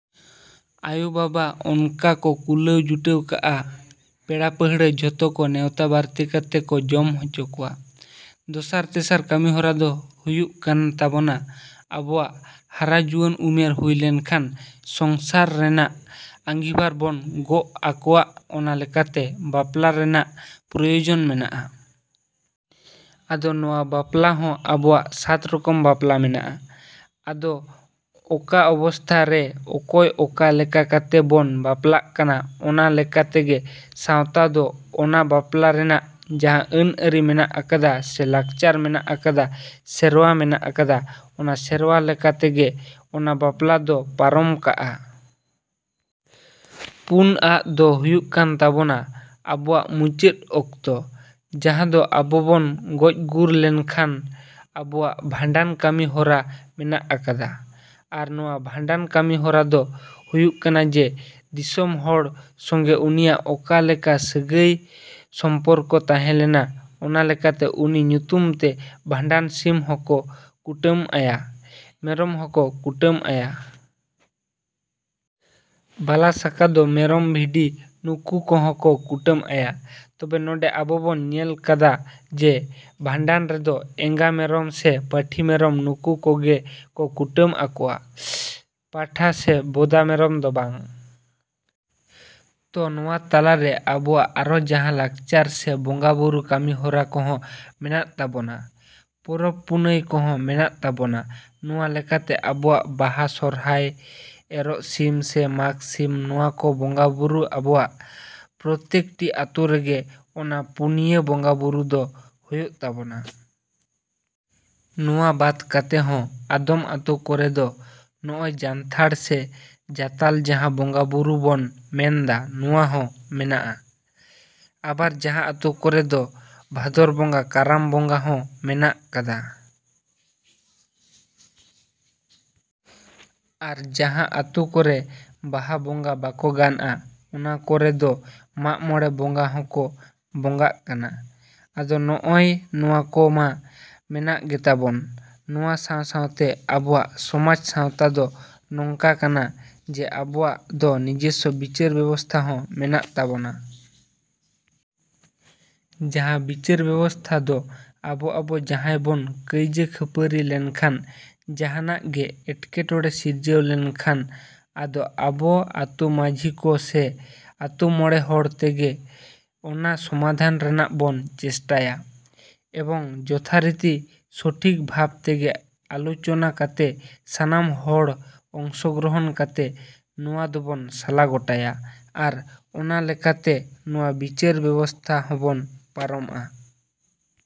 ‎ᱟᱭᱳᱼᱵᱟᱵᱟ ᱚᱱᱠᱟ ᱠᱚ ᱠᱩᱞᱟᱹᱣ ᱡᱩᱴᱟᱹᱣ ᱠᱟᱜᱼᱟ, ᱯᱮᱲᱟᱼᱯᱟᱺᱦᱲᱟᱹ ᱡᱚᱛᱚ ᱠᱚ ᱱᱮᱣᱛᱟ ᱵᱟᱨᱛᱮ ᱠᱟᱛᱮ ᱠᱚ ᱡᱚᱢ ᱦᱚᱪᱚ ᱠᱚᱣᱟ᱾ ᱫᱚᱥᱟᱨ, ᱛᱮᱥᱟᱨ ᱠᱟᱹᱢᱤᱦᱚᱨᱟ ᱫᱚ ᱦᱩᱭᱩᱜ ᱠᱟᱱ ᱛᱟᱵᱚᱱᱟ ᱟᱵᱚᱣᱟᱜ ᱦᱟᱨᱟ ᱡᱩᱣᱟᱹᱱ ᱩᱢᱮᱨ ᱦᱩᱭ ᱞᱮᱱᱠᱷᱟᱱ ᱥᱚᱝᱥᱟᱨ ᱨᱮᱱᱟᱜ ᱟᱺᱜᱤᱵᱷᱟᱨ ᱵᱚᱱ ᱜᱚᱜ ᱟᱠᱚᱣᱟᱜ ᱚᱱᱟ ᱞᱮᱠᱟᱛᱮ ᱵᱟᱯᱞᱟ ᱨᱮᱱᱟᱜ ᱯᱨᱚᱭᱳᱡᱚᱱ ᱢᱮᱱᱟᱜᱼᱟ᱾ ᱟᱫᱚ ᱱᱚᱣᱟ ᱵᱟᱯᱞᱟ ᱦᱚᱸ ᱟᱵᱚᱣᱟᱜ ᱥᱟᱛ ᱨᱚᱠᱚᱢ ᱵᱟᱯᱞᱟ ᱢᱮᱱᱟᱜᱼᱟ᱾ ᱟᱫᱚ ᱚᱠᱟ ᱚᱵᱚᱥᱛᱟ ᱨᱮ ᱚᱠᱚᱭ ᱚᱠᱟ ᱞᱮᱠᱟ ᱠᱟᱛᱮ ᱵᱚᱱ ᱵᱟᱯᱞᱟᱜ ᱠᱟᱱᱟ ᱚᱱᱟ ᱞᱮᱠᱟ ᱛᱮᱜᱮ ᱥᱟᱶᱛᱟ ᱫᱚ ᱚᱱᱟ ᱵᱟᱯᱞᱟ ᱨᱮᱱᱟᱜ ᱡᱟᱦᱟᱸ ᱟᱹᱱᱼᱟᱹᱨᱤ ᱢᱮᱱᱟᱜ ᱟᱠᱟᱫᱼᱟ ᱥᱮ ᱞᱟᱠᱪᱟᱨ ᱢᱮᱱᱟᱜ ᱟᱠᱟᱫᱼᱟ, ᱥᱮᱨᱣᱟ ᱢᱮᱱᱟᱜ ᱟᱠᱟᱫᱼᱟ, ᱚᱱᱟ ᱥᱮᱨᱣᱟ ᱞᱮᱠᱟ ᱛᱮᱜᱮ ᱚᱱᱟ ᱵᱟᱯᱞᱟ ᱫᱚ ᱯᱟᱨᱚᱢ ᱠᱟᱜᱼᱟ᱾ ᱯᱩᱱᱟᱜ ᱫᱚ ᱦᱩᱭᱩᱜ ᱠᱟᱱ ᱛᱟᱵᱚᱱᱟ ᱟᱵᱚᱣᱟᱜ ᱢᱩᱪᱟᱹᱫ ᱚᱠᱛᱚ, ᱡᱟᱦᱟᱸ ᱫᱚ ᱟᱵᱚ ᱵᱚᱱ ᱜᱚᱡ ᱜᱩᱨ ᱞᱮᱱ ᱠᱷᱟᱱ ᱟᱵᱚᱣᱟᱜ ᱵᱷᱟᱸᱰᱟᱱ ᱠᱟᱹᱢᱤ ᱦᱚᱨᱟ ᱢᱮᱱᱟᱜ ᱟᱠᱟᱫᱼᱟ᱾ ᱟᱨ ᱱᱚᱣᱟ ᱵᱷᱟᱸᱰᱟᱱ ᱠᱟᱹᱢᱤ ᱦᱚᱨᱟ ᱫᱚ ᱦᱩᱭᱩᱜ ᱠᱟᱱᱟ ᱡᱮ, ᱫᱤᱥᱚᱢ ᱦᱚᱲ ᱥᱚᱸᱜᱮ ᱩᱱᱤᱭᱟᱜ ᱚᱠᱟ ᱞᱮᱠᱟ ᱥᱟᱹᱜᱟᱹᱭ ᱥᱚᱢᱯᱚᱨᱠᱚ ᱛᱟᱦᱮᱞᱮᱱᱟ ᱚᱱᱟ ᱞᱮᱠᱟᱛᱮ ᱩᱱᱤ ᱧᱩᱛᱩᱢ ᱛᱮ ᱵᱷᱟᱸᱰᱟᱱ ᱥᱤᱢ ᱦᱚᱸᱠᱚ ᱠᱩᱴᱟᱹᱢᱟᱭᱟ, ᱢᱮᱨᱚᱢ ᱦᱚᱸᱠᱚ ᱠᱩᱴᱟᱹᱢᱟᱭᱟ᱾ ᱵᱟᱞᱟ ᱥᱟᱠᱟ ᱫᱚ ᱢᱮᱨᱚᱢ, ᱵᱷᱤᱰᱤ ᱱᱩᱠᱩ ᱠᱚᱦᱚᱸ ᱠᱚ ᱠᱩᱴᱟᱹᱢᱟᱭᱟ᱾ ᱛᱚᱵᱮ ᱱᱚᱰᱮ ᱟᱵᱚ ᱵᱚᱱ ᱧᱮᱞ ᱠᱟᱫᱼᱟ, ᱡᱮ ᱵᱷᱟᱸᱰᱟᱱ ᱨᱮᱫᱚ ᱮᱸᱜᱟ ᱢᱮᱨᱚᱢ ᱥᱮ ᱯᱟᱹᱴᱷᱤ ᱢᱮᱨᱚᱱ ᱱᱩᱠᱩ ᱠᱚᱜᱮ ᱠᱚ ᱠᱩᱴᱟᱹᱢᱟᱠᱚᱣᱟ᱾ ᱯᱟᱸᱴᱷᱟ ᱥᱮ ᱵᱚᱫᱟ ᱢᱮᱨᱚᱢ ᱫᱚ ᱵᱟᱝ᱾ ᱛᱚ, ᱱᱚᱣᱟ ᱛᱟᱞᱟ ᱨᱮ ᱟᱵᱚᱣᱟᱜ ᱟᱨᱚ ᱡᱟᱦᱟᱸ ᱞᱟᱠᱪᱟᱨ ᱥᱮ ᱵᱚᱸᱜᱟ ᱵᱩᱨᱩ ᱠᱟᱹᱢᱤ ᱦᱚᱨᱟ ᱠᱚᱦᱚᱸ ᱢᱮᱱᱟᱜ ᱛᱟᱵᱚᱱᱟ, ᱯᱚᱨᱚᱵᱽᱼᱯᱩᱱᱟᱹᱭ ᱠᱚᱦᱚᱸ ᱢᱮᱱᱟᱜ ᱛᱟᱵᱚᱱᱟ ᱱᱚᱣᱟ ᱞᱮᱠᱟᱛᱮ ᱟᱵᱚᱣᱟᱜ ᱵᱟᱦᱟ, ᱥᱚᱨᱦᱟᱭ, ᱮᱨᱚᱜ ᱥᱤᱢ ᱥᱮ ᱢᱟᱜᱷ ᱥᱤᱢ ᱱᱚᱣᱟ ᱠᱚ ᱵᱚᱸᱜᱟ ᱵᱩᱨᱩ ᱟᱵᱚᱣᱟᱜ ᱯᱨᱚᱛᱛᱮᱠᱴᱤ ᱟᱛᱳ ᱨᱮᱜᱮ ᱚᱱᱟ ᱯᱩᱱᱭᱟᱹ ᱵᱚᱸᱜᱟ ᱵᱩᱨᱩ ᱫᱚ ᱦᱳᱭᱳᱜ ᱛᱟᱵᱚᱱᱟ᱾ ᱱᱚᱣᱟ ᱵᱟᱫ ᱠᱟᱛᱮ ᱦᱚᱸ ᱟᱫᱚᱢ ᱟᱛᱳ ᱠᱚᱨᱮ ᱫᱚ ᱱᱚᱜᱼᱚᱭ ᱡᱟᱱᱛᱷᱟᱲ ᱥᱮ ᱡᱟᱛᱟᱞ ᱡᱟᱦᱟᱸ ᱵᱚᱸᱜᱟ ᱵᱩᱨᱩ ᱵᱚᱱ ᱢᱮᱱᱫᱟ, ᱱᱚᱣᱟ ᱦᱚᱸ ᱢᱮᱱᱟᱜᱼᱟ ᱾ ᱟᱵᱟᱨ ᱡᱟᱦᱟᱸ ᱟᱛᱳ ᱠᱚᱨᱮ ᱫᱚ ᱵᱷᱟᱫᱚᱨ ᱵᱚᱸᱜᱟ ᱠᱟᱨᱟᱢ ᱵᱚᱸᱜᱟ ᱦᱚᱸ ᱢᱮᱱᱟᱜ ᱠᱟᱫᱼᱟ᱾ ᱟᱨ ᱡᱟᱦᱟᱸ ᱟᱛᱳ ᱠᱚᱨᱮ ᱵᱟᱦᱟ ᱵᱚᱸᱜᱟ ᱵᱟᱠᱚ ᱜᱟᱱᱟ, ᱚᱱᱟ ᱠᱚᱨᱮ ᱫᱚ ᱢᱟᱜᱢᱚᱬᱮ ᱵᱚᱸᱜᱟ ᱦᱚᱸᱠᱚ ᱵᱚᱸᱜᱟᱜ ᱠᱟᱱᱟ᱾ ᱟᱫᱚ ᱱᱚᱜᱼᱚᱭ ᱱᱚᱣᱟ ᱠᱚ ᱢᱟ ᱢᱮᱱᱟᱜ ᱜᱮᱛᱟ ᱵᱚᱱ, ᱱᱚᱣᱟ ᱥᱟᱶ ᱥᱟᱶ ᱛᱮ ᱟᱵᱚᱣᱟᱜ ᱥᱚᱢᱟᱡᱽ ᱥᱟᱶᱛᱟ ᱫᱚ ᱱᱚᱝᱠᱟᱱᱟ, ᱡᱮ ᱟᱵᱚᱣᱟᱜ ᱫᱚ ᱱᱤᱡᱚᱥᱥᱚ ᱵᱤᱪᱟᱨ ᱵᱮᱵᱚᱥᱛᱟ ᱦᱚᱸ ᱢᱮᱱᱟᱜ ᱛᱟᱵᱚᱱᱟ᱾ ᱡᱟᱦᱟᱸ ᱵᱤᱪᱟᱨ ᱵᱮᱵᱚᱥᱛᱟ ᱫᱚ ᱟᱵᱚ ᱟᱵᱚ ᱡᱟᱦᱟᱸᱭ ᱵᱚᱱ ᱠᱟᱹᱭᱡᱟᱹ ᱠᱷᱟᱹᱯᱟᱹᱨᱤ ᱞᱮᱱᱠᱷᱟᱱ ᱡᱟᱦᱟᱱᱟᱜ ᱜᱮ ᱮᱴᱠᱮᱴᱚᱬᱮ ᱥᱤᱨᱡᱟᱹᱣ ᱞᱮᱱᱠᱷᱟᱱ ᱟᱫᱚ ᱟᱵᱚ ᱟᱛᱳ ᱢᱟᱹᱡᱷᱤ ᱠᱚ ᱥᱮ ᱟᱛᱳ ᱢᱚᱬᱮ ᱦᱚᱲ ᱛᱮᱜᱮ ᱚᱱᱟ ᱥᱚᱢᱟᱫᱷᱟᱱ ᱨᱮᱱᱟᱜ ᱵᱚᱱ ᱪᱮᱥᱴᱟᱭᱟ, ᱮᱵᱚᱝ ᱡᱚᱛᱷᱟᱨᱤᱛᱤ ᱥᱚᱴᱷᱤᱠ ᱵᱷᱟᱵ ᱛᱮᱜᱮ ᱟᱞᱳᱪᱚᱱᱟ ᱠᱟᱛᱮ ᱥᱟᱱᱟᱢ ᱦᱚᱲ ᱟᱝᱥᱚᱜᱨᱚᱦᱚᱱ ᱠᱟᱛᱮ ᱱᱚᱣᱟ ᱫᱚᱵᱚᱱ ᱥᱟᱞᱟ ᱜᱚᱴᱟᱭᱟ᱾ ᱟᱨ ᱚᱱᱟ ᱞᱮᱠᱟᱛᱮ ᱱᱚᱣᱟ ᱵᱤᱪᱟᱨ ᱵᱮᱵᱚᱥᱛᱟ ᱦᱚᱸᱵᱚᱱ ᱯᱟᱨᱚᱢᱟ᱾।